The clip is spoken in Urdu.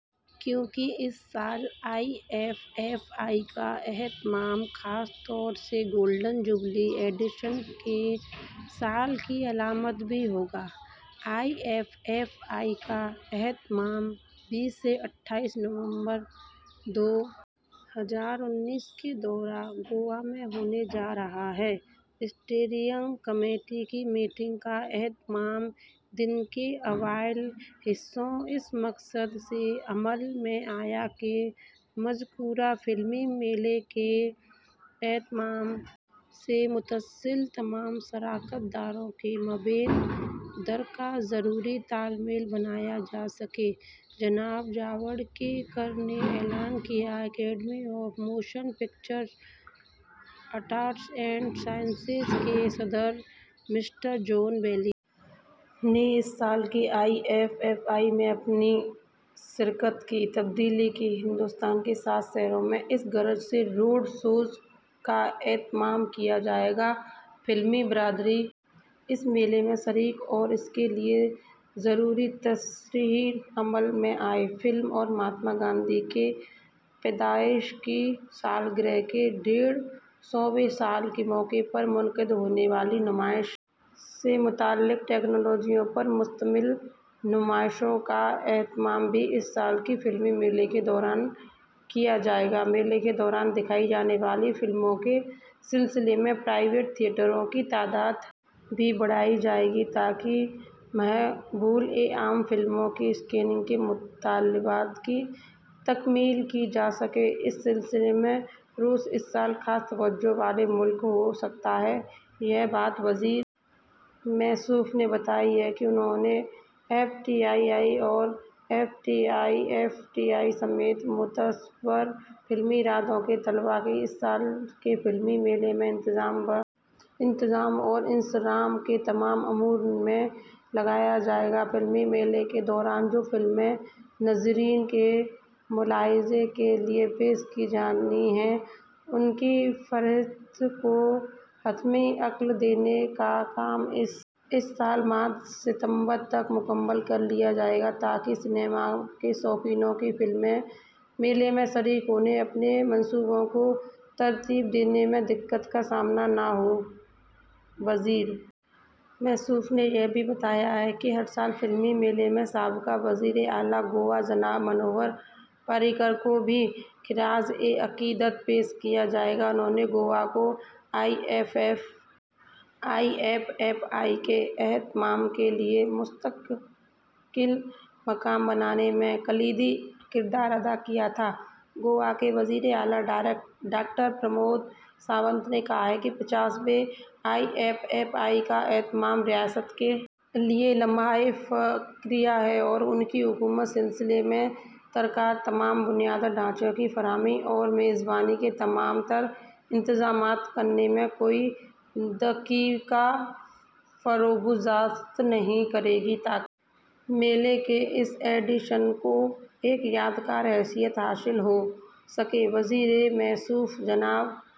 کیونکہ اس سال آئی ایف ایف آئی کا اہتمام خاص طور سے گولڈن جوبلی ایڈیشن کے سال کی علامت بھی ہو گا آئی ایف ایف آئی کا اہتمام بیس سے اٹھائیس نومبر دو ہزار انیس کے دوران گوا میں ہونے جا رہا ہے اسٹیئرنگ کمیٹی کی میٹنگ کا اہتمام دن کے اوائل حصے میں اس مقصد سے عمل میں آیا کہ مذکورہ فلمی میلے کے اہتمام سے منسلک تمام تر شراکت داروں کے مابین درکار ضروری تال میل بنایا جا سکے جناب جاوڈیکر نے اعلان کیا کہ academy of motion picture arts and sciences کے صدر مسٹر جان بیلی نے اس سال کے آئی ایف ایف آئی میں اپنی شرکت کی تصدیق کی ہے بھارت کے سات شہروں میں اس غرض سے روڈ شوز کا اہتمام کیا جائے گا کہ فلمی برادری اس میلے میں شریک ہو اور اس کے لیے ضروری تشہیر عمل میں آئے فلم اور مہاتما گاندھی کی پیدائش کی سالگرہ کے ڈیڑھ سوویں سال کے موقع پر منعقد ہونے والی نمائش سے متعلق تکنالوجیوں پر مشتمل نمائشوں کا اہتمام بھی اس سال کے فلمی میلے کے دوران کیا جائے گا میلے کے دوران دکھائی جانے والی فلموں کے سلسلے میں پرائیویٹ تھیئٹروں کی تعداد بھی بڑھائی جائے گی تاکہ مقبول عام فلموں کی اسکریننگ سے مطالبات کی تکمیل کی جا سکے اس سلسلے میں روس اس سال خاص توجہ والا ملک ہو سکتا ہے یہ بات وزیر موصوف نے بتائی ہے انہوں نے کہا کہ ایف ٹی آئی آئی اور S R F T I سمیت مقتدر فلمی اداروں کے طلبا کو اس سال کے فلمی میلے میں انتظام و انصرام کے تمام امور میں لگایا جائے گا فلمی میلے کے دوران جو فلمیں ناظرین کے ملاحظے کے لیے پیش کی جانی ہیں ان کی فہرست کو حتمی شکل دینے کا کام اس سال ماہ ستمبر تک مکمل کر لیا جائے گا تاکہ سنیما کے شائقین کو فلمی میلے میں شریک ہونے کے اپنے منصوبوں کو ترتیب دینے میں کوئی دقت کا سامنا نہ ہو وزیر موصوف نے یہ بھی بتایا کہ اس سال فلمی میلے میں سابق وزیر اعلی گوا جناب منوہر پاریکر کو بھی خراج عقیدت پیش کیا جائے گا جنہوں نے گوا کو آئی ایف ایف آئی کے اہتمام کے لیے مستقل مقام بنانے میں کلیدی کردار ادا کیا تھا گوا کے وزیر اعلی ڈاکٹر پرمود ساونت نے کہا کہ پچاسویں آئی ایف ایف آئی کا اہتمام ریاست کے لیے لمحہ فخریہ ہے اور ان کی حکومت اس سلسلے میں درکار تمام تر بنیادی ڈھانچے کی فراہمی اور میزبانی کے تمام تر انتظامات کرنے میں کوئی دقیقہ فروگزاشت نہیں کرے گی تاکہ میلے کے اس ایڈیشن کو ایک یادگار حیثیت حاصل ہو سکے وزیر موصوف جناب